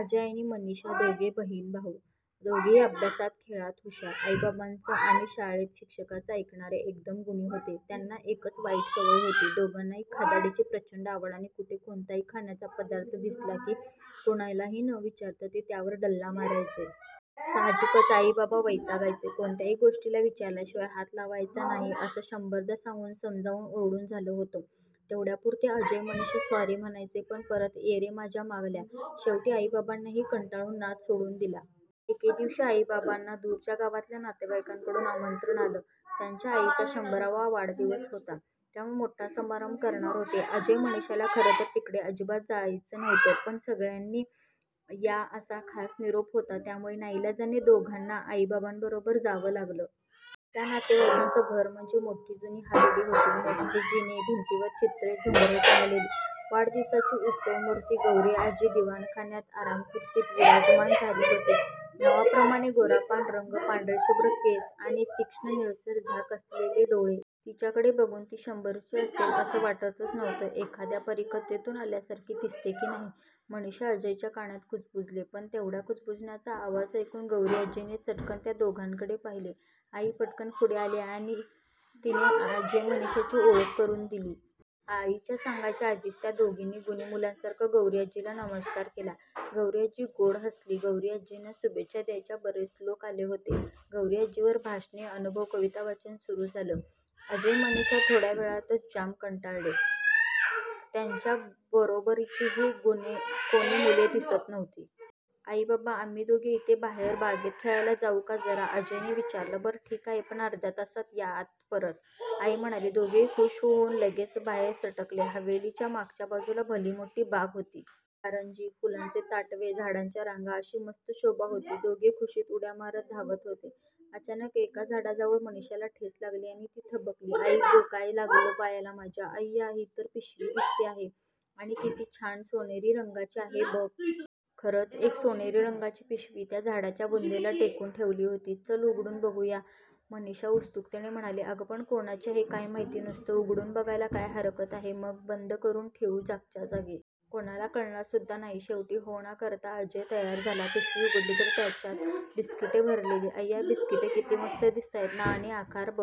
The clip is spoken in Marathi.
अजय आणि मनीषा दोघे बहीण भाऊ. दोघेही अभ्यासात, खेळात हुषार. आईबाबांचं आणि शाळेत शिक्षकांचं ऐकणारे, एकदम गुणी होते. त्यांना एकच वाईट सवय होती. दोघांना खादाडीची प्रचंड आवड आणि कुठे कोणताही खाण्याचा पदार्थ दिसला की कोणालाही न विचारता ते त्यावर डल्ला मारायचे. साहजिकच आई बाबा वैतागायचे. कोणत्याही गोष्टीला विचारल्याशिवाय हात लावायचा नाही असं शंभरदा सांगून, समजावून, ओरडून झालं होतं. तेवढ्यापुरते अजय मनीषा सॉरी म्हणायचे पण परत ये रे माझ्या मागल्या! शेवटी आईबाबांनीही कंटाळून नाद सोडून दिला. एके दिवशी आई बाबांना दूरच्या गावातल्या नातेवाईकांकडून आमंत्रण आलं. त्यांच्या आईचा शंभरावा वाढदिवस होता त्यामुळे मोठा समारंभ करणार होते. अजय, मनीषाला खरं तर तिकडे अजिबात जायचं नव्हतं पण सगळ्यांनी या असा खास निरोप होता त्यामुळे नाईलाजाने दोघांना आई बाबांबरोबर जावं लागलं. त्या नातेवाईकांचं घर म्हणजे मोठी जुनी हवेली होती. मोठे जिने, भिंतीवर चित्रे, झुंबरे टांगलेली. वाढदिवसाची उत्सवमूर्ती गौरीआजी दिवाणखान्यात आरामखुर्चीत विराजमान झाली होती. नावाप्रमाणे गोरापान रंग, पांढरेशुभ्र केस आणि तीक्ष्ण निळसर झाक असलेले डोळे. तिच्याकडे बघून ती शंभरीची असेल असं वाटतंच नव्हतं. "एखाद्या परीकथेतून आल्यासारखी दिसते की नाही? " मनीषा अजयच्या कानात कुजबुजली. पण तेवढ्या कुजबुजण्याचा आवाज ऐकून गौरीआजीने चटकन त्या दोघांकडे पाहिलं. आई पटकन पुढे झाली आणि तिने अजय मनीषाची ओळख करून दिली. आईने सांगायच्या आधीच त्या दोघांनी गुणी मुलांसारखा गौरीआजीला नमस्कार केला. गौरीआजी गोड हसली. गौरीआजींना शुभेच्छा द्यायला बरेच लोक आले होते. गौरीआजींवर भाषणे, अनुभव, कवितावाचन सुरु झालं. अजय मनीषा थोड्या वेळातच जाम कंटाळले. त्यांच्या बरोबरचीही कोणी मुले दिसत नव्हती. 'आई बाबा, आम्ही दोघे इथे बाहेर बागेत खेळायला जाऊ का जरा? ' अजयने विचारले. 'बरं ठीक आहे पण अर्ध्या तासात या आत परत. ' आई म्हणाली. दोघेही खूष होऊन लगेच बाहेर सटकले. हवेलीच्या मागच्या बाजूला भली मोठी बाग होती. कारंजी, फुलांचे ताटवे, झाडांच्या रांगा अशी मस्त शोभा होती. दोघे खुषीत उड्या मारत धावत होते. अचानक एका झाडाजवळ मनीषाला ठेच लागली आणि ती थबकली. आई गं, काय लागलं पायाला माझ्या. अय्या ही तर पिशवी दिसते आहे आणि किती छान सोनेरी रंगाची आहे बघ! "खरंच एक सोनेरी रंगाची पिशवी त्या झाडाच्या बुंध्याला टेकून ठेवली होती. चल उघडून बघू या" मनीषा उत्सुकतेने म्हणाली. 'अगं पण कोणाची आहे काय माहीत? 'नुसतं उघडून बघायला काय हरकत आहे? मग बंद करून ठेवू जागच्या जागी. कोणाला कळणार सुद्धा नाही! शेवटी हो ना करता अजय तयार झाला. पिशवी उघडली तर त्याच्यात बिस्किटे भरलेली होती.अय्या बिस्किटं! किती मस्त दिसतायत ना. आणि आकार बघ.